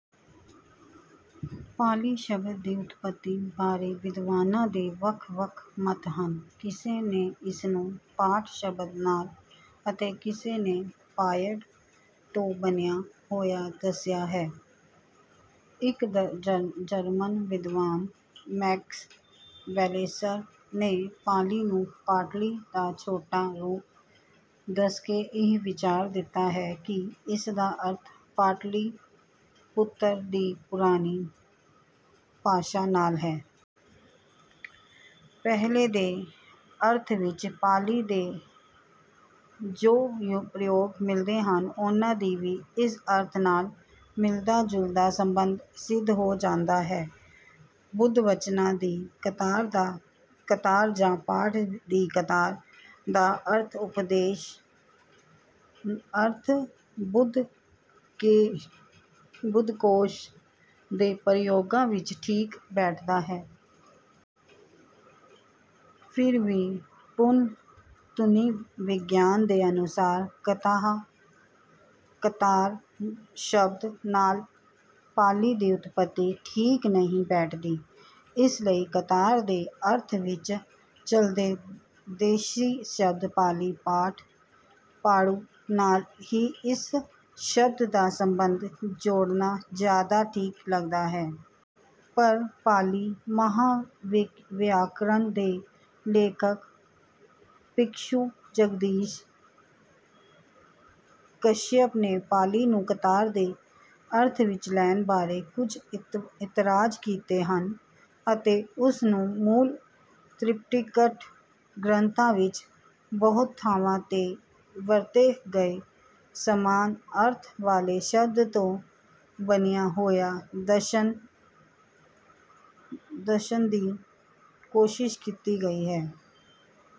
ਪਾਲੀ ਸ਼ਬਦ ਦੀ ਉਤਪੱਤੀ ਬਾਰੇ ਵਿਦਵਾਨਾਂ ਦੇ ਵੱਖ ਵੱਖ ਮਤ ਹਨ। ਕਿਸੇ ਨੇ ਇਸਨੂੰ ਪਾਠ ਸ਼ਬਦ ਨਾਲ ਅਤੇ ਕਿਸੇ ਨੇ ਪਾਇਡ ਤੋਂ ਬਣਿਆ ਹੋਇਆ ਦੱਸਿਆ ਹੈ। ਇੱਕ ਜਰਮਨ ਵਿਦਵਾਨ ਮੈਕਸ ਵੈਲੇਸਰ ਨੇ ਪਾਲੀ ਨੂੰ ਪਾਟਲੀ ਦਾ ਛੋਟਾ ਰੂਪ ਦੱਸਕੇ ਇਹ ਵਿਚਾਰ ਦਿੱਤਾ ਹੈ ਕਿ ਇਸਦਾ ਅਰਥ ਪਾਟਲੀਪੁਤਰ ਦੀ ਪੁਰਾਣੀ ਭਾਸ਼ਾ ਨਾਲ ਹੈ। ਪਹਿਲੇ ਦੇ ਅਰਥ ਵਿੱਚ ਪਾਲੀ ਦੇ ਜੋ ਪ੍ਰਯੋਗ ਮਿਲਦੇ ਹਨ ਉਨ੍ਹਾਂ ਦੀ ਵੀ ਇਸ ਅਰਥ ਨਾਲ ਮਿਲਦਾ ਜੁਲਦਾ ਸਬੰਧ ਸਿੱਧ ਹੋ ਜਾਂਦਾ ਹੈ। ਬੁੱਧਵਚਨਾਂ ਦੀ ਕਤਾਰ ਜਾਂ ਪਾਠ ਦੀ ਕਤਾਰ ਦਾ ਅਰਥ ਬੁੱਧਘੋਸ਼ ਦੇ ਪ੍ਰਯੋਗਾਂ ਵਿੱਚ ਠੀਕ ਬੈਠਦਾ ਹੈ। ਫਿਰ ਵੀ ਧੁਨੀਵਿਗਿਆਨ ਦੇ ਅਨੁਸਾਰ ਕਤਾਰ ਸ਼ਬਦ ਨਾਲ ਪਾਲੀ ਦੀ ਉਤਪੱਤੀ ਠੀਕ ਨਹੀਂ ਬੈਠਦੀ। ਇਸ ਲਈ ਕਤਾਰ ਦੇ ਅਰਥ ਵਿੱਚ ਚਲਦੇ ਦੇਸ਼ੀ ਸ਼ਬਦ ਪਾਲੀ ਪਾਠ ਪਾੜੂ ਨਾਲ ਹੀ ਇਸ ਸ਼ਬਦ ਦਾ ਸਬੰਧ ਜੋੜਨਾ ਜਿਆਦਾ ਠੀਕ ਲੱਗਦਾ ਹੈ। ਪਰ ਪਾਲੀ ਮਹਾਵਿਆਕਰਨ ਦੇ ਲੇਖਕ ਭਿਕਸ਼ੂ ਜਗਦੀਸ਼ ਕਸ਼ਿਅਪ ਨੇ ਪਾਲੀ ਨੂੰ ਕਤਾਰ ਦੇ ਅਰਥ ਵਿੱਚ ਲੈਣ ਬਾਰੇ ਕੁੱਝ ਇਤਰਾਜ਼ ਕੀਤੇ ਹਨ ਅਤੇ ਉਸਨੂੰ ਮੂਲ ਤ੍ਰਿਪਿਕਟਕ ਗ੍ਰੰਥਾਂ ਵਿੱਚ ਬਹੁਤ ਥਾਵਾਂ ਤੇ ਵਰਤੇ ਗਏ ਸਮਾਨ ਅਰਥ ਵਾਲੇ ਸ਼ਬਦ ਤੋਂ ਬਣਿਆ ਹੋਇਆ ਦੱਸ਼ਣ ਦੀ ਕੋਸ਼ਿਸ਼ ਕੀਤੀ ਗਈ ਹੈ।